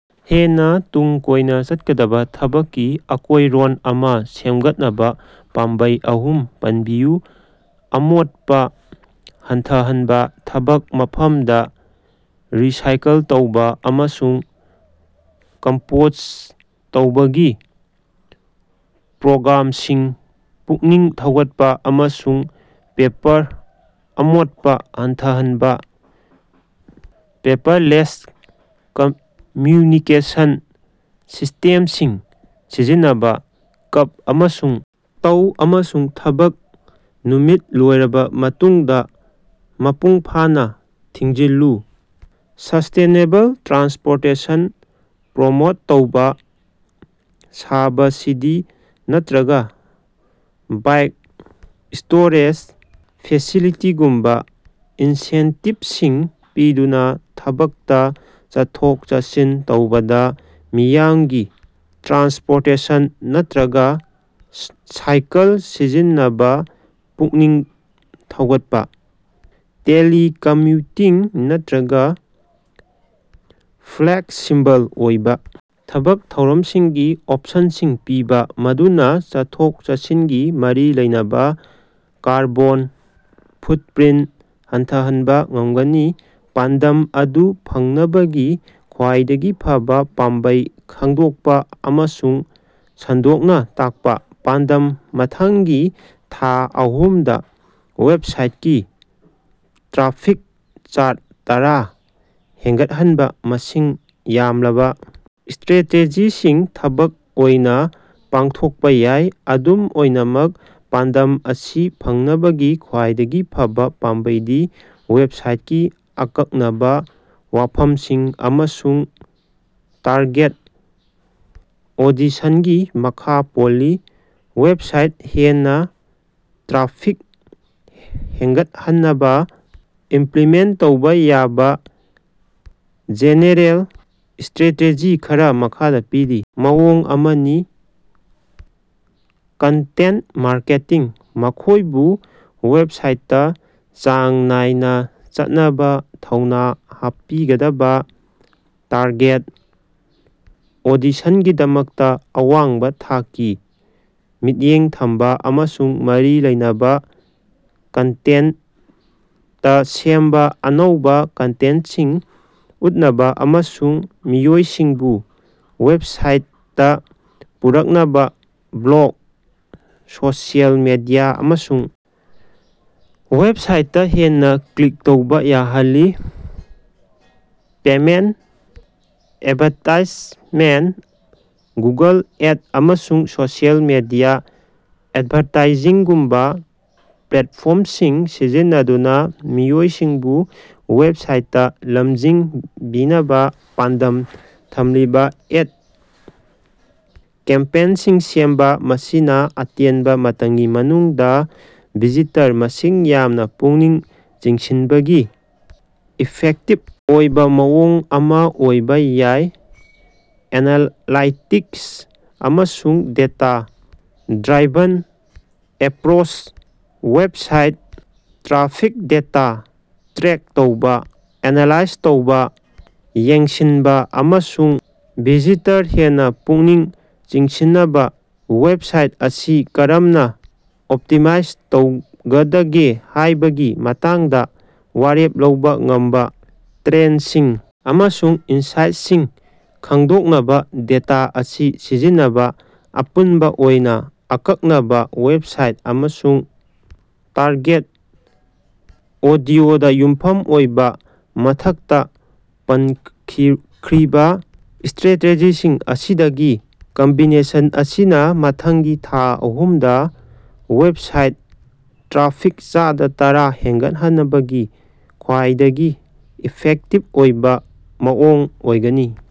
ꯍꯦꯟꯅ ꯇꯨꯡ ꯀꯣꯏꯅ ꯆꯠꯀꯗꯕ ꯊꯕꯛꯀꯤ ꯑꯀꯣꯏꯔꯣꯟ ꯑꯃ ꯁꯦꯝꯒꯠꯅꯕ ꯄꯥꯝꯕꯩ ꯑꯍꯨꯝ ꯄꯅꯕꯤꯌꯨ꯫ ꯑꯃꯣꯠꯄ ꯍꯟꯊꯍꯟꯕ: ꯊꯕꯛ ꯃꯐꯝꯗ ꯔꯤꯁꯥꯏꯀꯜ ꯇꯧꯕ ꯑꯃꯁꯨꯡ ꯀꯝꯄꯣꯁꯠ ꯇꯧꯕꯒꯤ ꯄ꯭ꯔꯣꯒ꯭ꯔꯥꯝꯁꯤꯡ ꯄꯨꯛꯅꯤꯡ ꯊꯧꯒꯠꯄ ꯑꯃꯁꯨꯡ ꯄꯦꯄꯔ ꯑꯃꯣꯠꯄ ꯍꯟꯊꯍꯟꯅꯕ ꯄꯦꯄꯔꯂꯦꯁ ꯀꯝꯃ꯭ꯌꯨꯅꯤꯀꯦꯁꯟ ꯁꯤꯁ꯭ꯇꯦꯝꯁꯤꯡ ꯁꯤꯖꯤꯟꯅꯕ꯫ ꯀꯞ ꯑꯃꯁꯨꯡ ꯇꯧ ꯑꯃꯁꯨꯡ ꯊꯕꯛ ꯅꯨꯃꯤꯠ ꯂꯣꯏꯔꯕ ꯃꯇꯨꯡꯗ ꯃꯄꯨꯡꯐꯥꯅ ꯊꯤꯡꯖꯤꯜꯂꯨ꯫ ꯁꯁ꯭ꯇꯦꯅꯦꯕꯜ ꯇ꯭ꯔꯥꯟꯁꯄꯣꯔꯇꯦꯁꯟ ꯄ꯭ꯔꯣꯃꯣꯠ ꯇꯧꯕ: ꯁꯕꯁꯤꯗꯤ ꯅꯠꯇ꯭ꯔꯒ ꯕꯥꯏꯛ ꯁ꯭ꯇꯣꯔꯦꯖ ꯐꯦꯁꯤꯂꯤꯇꯤꯒꯨꯝꯕ ꯏꯟꯁꯦꯟꯇꯤꯚꯁꯤꯡ ꯄꯤꯗꯨꯅ ꯊꯕꯛꯇ ꯆꯠꯊꯣꯛ-ꯆꯠꯁꯤꯟ ꯇꯧꯕꯗ ꯃꯤꯌꯥꯝꯒꯤ ꯇ꯭ꯔꯥꯟꯁꯄꯣꯔꯇꯦꯁꯟ ꯅꯠꯇ꯭ꯔꯒ ꯁꯥꯏꯀꯜ ꯁꯤꯖꯤꯟꯅꯅꯕ ꯄꯨꯛꯅꯤꯡ ꯊꯧꯒꯠꯄ꯫ ꯇꯦꯂꯤꯀꯝꯃ꯭ꯌꯨꯇꯤꯡ ꯅꯠꯇ꯭ꯔꯒ ꯐ꯭ꯂꯦꯛꯁꯤꯕꯜ ꯑꯣꯏꯕ ꯊꯕꯛ ꯊꯧꯔꯝꯁꯤꯡꯒꯤ ꯑꯣꯞꯁꯟꯁꯤꯡ ꯄꯤꯕ, ꯃꯗꯨꯅ ꯆꯠꯊꯣꯛ-ꯆꯠꯁꯤꯟꯒꯤ ꯃꯔꯤ ꯂꯩꯅꯕ ꯀꯥꯔꯕꯣꯟ ꯐꯨꯠꯄ꯭ꯔꯤꯟꯇ ꯍꯟꯊꯍꯟꯕ ꯉꯝꯒꯅꯤ꯫ ꯄꯥꯟꯗꯝ ꯑꯗꯨ ꯐꯪꯅꯕꯒꯤ ꯈ꯭ꯋꯥꯏꯗꯒꯤ ꯐꯕ ꯄꯥꯝꯕꯩ ꯈꯪꯗꯣꯛꯄ ꯑꯃꯁꯨꯡ ꯁꯟꯗꯣꯛꯅ ꯇꯥꯛꯄ꯫ ꯄꯥꯟꯗꯝ: ꯃꯊꯪꯒꯤ ꯊꯥ ꯑꯍꯨꯝꯗ ꯋꯦꯕꯁꯥꯏꯠꯀꯤ ꯇ꯭ꯔꯥꯐꯤꯛ ꯆꯥꯗ ꯇꯔꯥ ꯍꯦꯟꯒꯠꯍꯟꯕ ꯃꯁꯤꯡ ꯌꯥꯝꯂꯕ ꯁ꯭ꯇꯔꯦꯇꯦꯖꯤꯁꯤꯡ ꯊꯕꯛ ꯑꯣꯏꯅ ꯄꯥꯡꯊꯣꯛꯄ ꯌꯥꯏ꯫ ꯑꯗꯨꯝ ꯑꯣꯏꯅꯃꯛ ꯄꯥꯟꯗꯝ ꯑꯁꯤ ꯐꯪꯅꯕꯒꯤ ꯈ꯭ꯋꯥꯏꯗꯒꯤ ꯐꯕ ꯄꯥꯝꯕꯩꯗꯤ ꯋꯦꯕꯁꯥꯏꯠꯀꯤ ꯑꯀꯛꯅꯕ ꯋꯥꯐꯝꯁꯤꯡ ꯑꯃꯁꯨꯡ ꯇꯥꯔꯒꯦꯠ ꯑꯣꯗꯤꯁꯟꯒꯤ ꯃꯈꯥ ꯄꯣꯜꯂꯤ꯫ ꯋꯦꯕꯁꯥꯏꯠꯇ ꯍꯦꯟꯅ ꯇ꯭ꯔꯥꯐꯤꯛ ꯍꯦꯟꯒꯠꯍꯟꯅꯕ ꯏꯃꯄ꯭ꯂꯤꯃꯦꯟꯇ ꯇꯧꯕ ꯌꯥꯕ ꯖꯦꯅꯦꯔꯦꯜ ꯁ꯭ꯇꯔꯥꯇꯦꯖꯤ ꯈꯔ ꯃꯈꯥꯗ ꯄꯤꯔꯤ: ꯃꯑꯣꯡ ꯑꯃꯅꯤ꯫ ꯀꯟꯇꯦꯟꯇ ꯃꯥꯔꯀꯦꯇꯤꯡ: ꯃꯈꯣꯏꯕꯨ ꯋꯦꯕꯁꯥꯏꯠꯇ ꯆꯥꯡ ꯅꯥꯏꯅ ꯆꯠꯅꯕ ꯊꯧꯅ ꯍꯥꯞꯄꯤꯒꯗꯕ ꯇꯥꯔꯒꯦꯠ ꯑꯣꯗꯤꯁꯟꯒꯤꯗꯃꯛꯇ ꯑꯋꯥꯡꯕ ꯊꯥꯛꯀꯤ ꯃꯤꯠꯌꯦꯡ ꯊꯝꯕ ꯑꯃꯁꯨꯡ ꯃꯔꯤ ꯂꯩꯅꯕ ꯀꯟꯇꯦꯟꯇ ꯁꯦꯝꯕ; ꯑꯅꯧꯕ ꯀꯟꯇꯦꯟꯇꯁꯤꯡ ꯎꯠꯅꯕ ꯑꯃꯁꯨꯡ ꯃꯤꯑꯣꯏꯁꯤꯡꯕꯨ ꯋꯦꯕꯁꯥꯏꯠꯇ ꯄꯨꯔꯛꯅꯕ ꯕ꯭ꯂꯣꯒ, ꯁꯣꯁꯤꯑꯦꯜ ꯃꯤꯗꯤꯌꯥ ꯑꯃꯁꯨꯡ ꯋꯦꯕꯁꯥꯏꯠꯇ ꯍꯦꯟꯅ ꯀ꯭ꯂꯤꯛ ꯇꯧꯕ ꯌꯥꯍꯜꯂꯤ꯫ ꯄꯦꯃꯦꯟꯇ ꯑꯦꯗꯚꯔꯇꯤꯁꯃꯦꯟꯇ: ꯒꯨꯒꯜ ꯑꯦꯗ ꯑꯃꯁꯨꯡ ꯁꯣꯁꯤꯑꯦꯜ ꯃꯤꯗꯤꯌꯥ ꯑꯦꯗꯚꯔꯇꯥꯏꯖꯤꯡꯒꯨꯝꯕ ꯄ꯭ꯂꯦꯠꯐꯣꯔꯝꯁꯤꯡ ꯁꯤꯖꯤꯟꯅꯗꯨꯅ ꯃꯤꯑꯣꯏꯁꯤꯡꯕꯨ ꯋꯦꯕꯁꯥꯏꯠꯇ ꯂꯝꯖꯤꯡꯕꯤꯅꯕ ꯄꯥꯟꯗꯝ ꯊꯝꯂꯤꯕ ꯑꯦꯗ ꯀꯦꯝꯄꯦꯟꯁꯤꯡ ꯁꯦꯝꯕ꯫ ꯃꯁꯤꯅ ꯑꯇꯦꯟꯕ ꯃꯇꯝꯒꯤ ꯃꯅꯨꯡꯗ ꯚꯤꯖꯤꯇꯔ ꯃꯁꯤꯡ ꯌꯥꯝꯅ ꯄꯨꯛꯅꯤꯡ ꯆꯤꯡꯁꯤꯟꯕꯒꯤ ꯏꯐꯦꯛꯇꯤꯚ ꯑꯣꯏꯕ ꯃꯑꯣꯡ ꯑꯃ ꯑꯣꯏꯕ ꯌꯥꯏ꯫ ꯑꯦꯅꯂꯥꯏꯇꯤꯛꯁ ꯑꯃꯁꯨꯡ data driven approach: website traffic data track ꯇꯧꯕ, ꯑꯦꯅꯂꯥꯏꯖ ꯇꯧꯕ, ꯌꯦꯡꯁꯤꯟꯕ ꯑꯃꯁꯨꯡ ꯚꯤꯖꯤꯇꯔ ꯍꯦꯟꯅ ꯄꯨꯛꯅꯤꯡ ꯆꯤꯡꯁꯤꯟꯅꯕ ꯋꯦꯕꯁꯥꯏꯠ ꯑꯁꯤ ꯀꯔꯝꯅ ꯑꯣꯞꯇꯤꯃꯥꯏꯖ ꯇꯧꯒꯗꯒꯦ ꯍꯥꯏꯕꯒꯤ ꯃꯇꯥꯡꯗ ꯋꯥꯔꯦꯞ ꯂꯧꯕ ꯉꯝꯕ ꯇ꯭ꯔꯦꯟꯗꯁꯤꯡ ꯑꯃꯁꯨꯡ ꯏꯟꯁꯥꯏꯠꯁꯤꯡ ꯈꯪꯗꯣꯛꯅꯕ ꯗꯦꯇꯥ ꯑꯁꯤ ꯁꯤꯖꯤꯟꯅꯕ; ꯑꯄꯨꯟꯕ ꯑꯣꯏꯅ, ꯑꯀꯛꯅꯕ ꯋꯦꯕꯁꯥꯏꯠ ꯑꯃꯁꯨꯡ ꯇꯥꯔꯒꯦꯠ ꯑꯣꯗꯤꯑꯣꯗ ꯌꯨꯝꯐꯝ ꯑꯣꯏꯕ ꯃꯊꯛꯇ ꯄꯟꯈ꯭ꯔꯤꯕ ꯁ꯭ꯇꯔꯦꯇꯦꯖꯤꯁꯤꯡ ꯑꯁꯤꯒꯤ ꯀꯝꯕꯤꯅꯦꯁꯟ ꯑꯁꯤꯅ ꯃꯊꯪꯒꯤ ꯊꯥ ꯑꯍꯨꯝꯗ ꯋꯦꯕꯁꯥꯏꯠ ꯇ꯭ꯔꯥꯐꯤꯛ ꯆꯥꯗ ꯇꯔꯥ ꯍꯦꯟꯒꯠꯍꯟꯅꯕꯒꯤ ꯈ꯭ꯋꯥꯏꯗꯒꯤ ꯏꯐꯦꯛꯇꯤꯚ ꯑꯣꯏꯕ ꯃꯑꯣꯡ ꯑꯣꯏꯒꯅꯤ꯫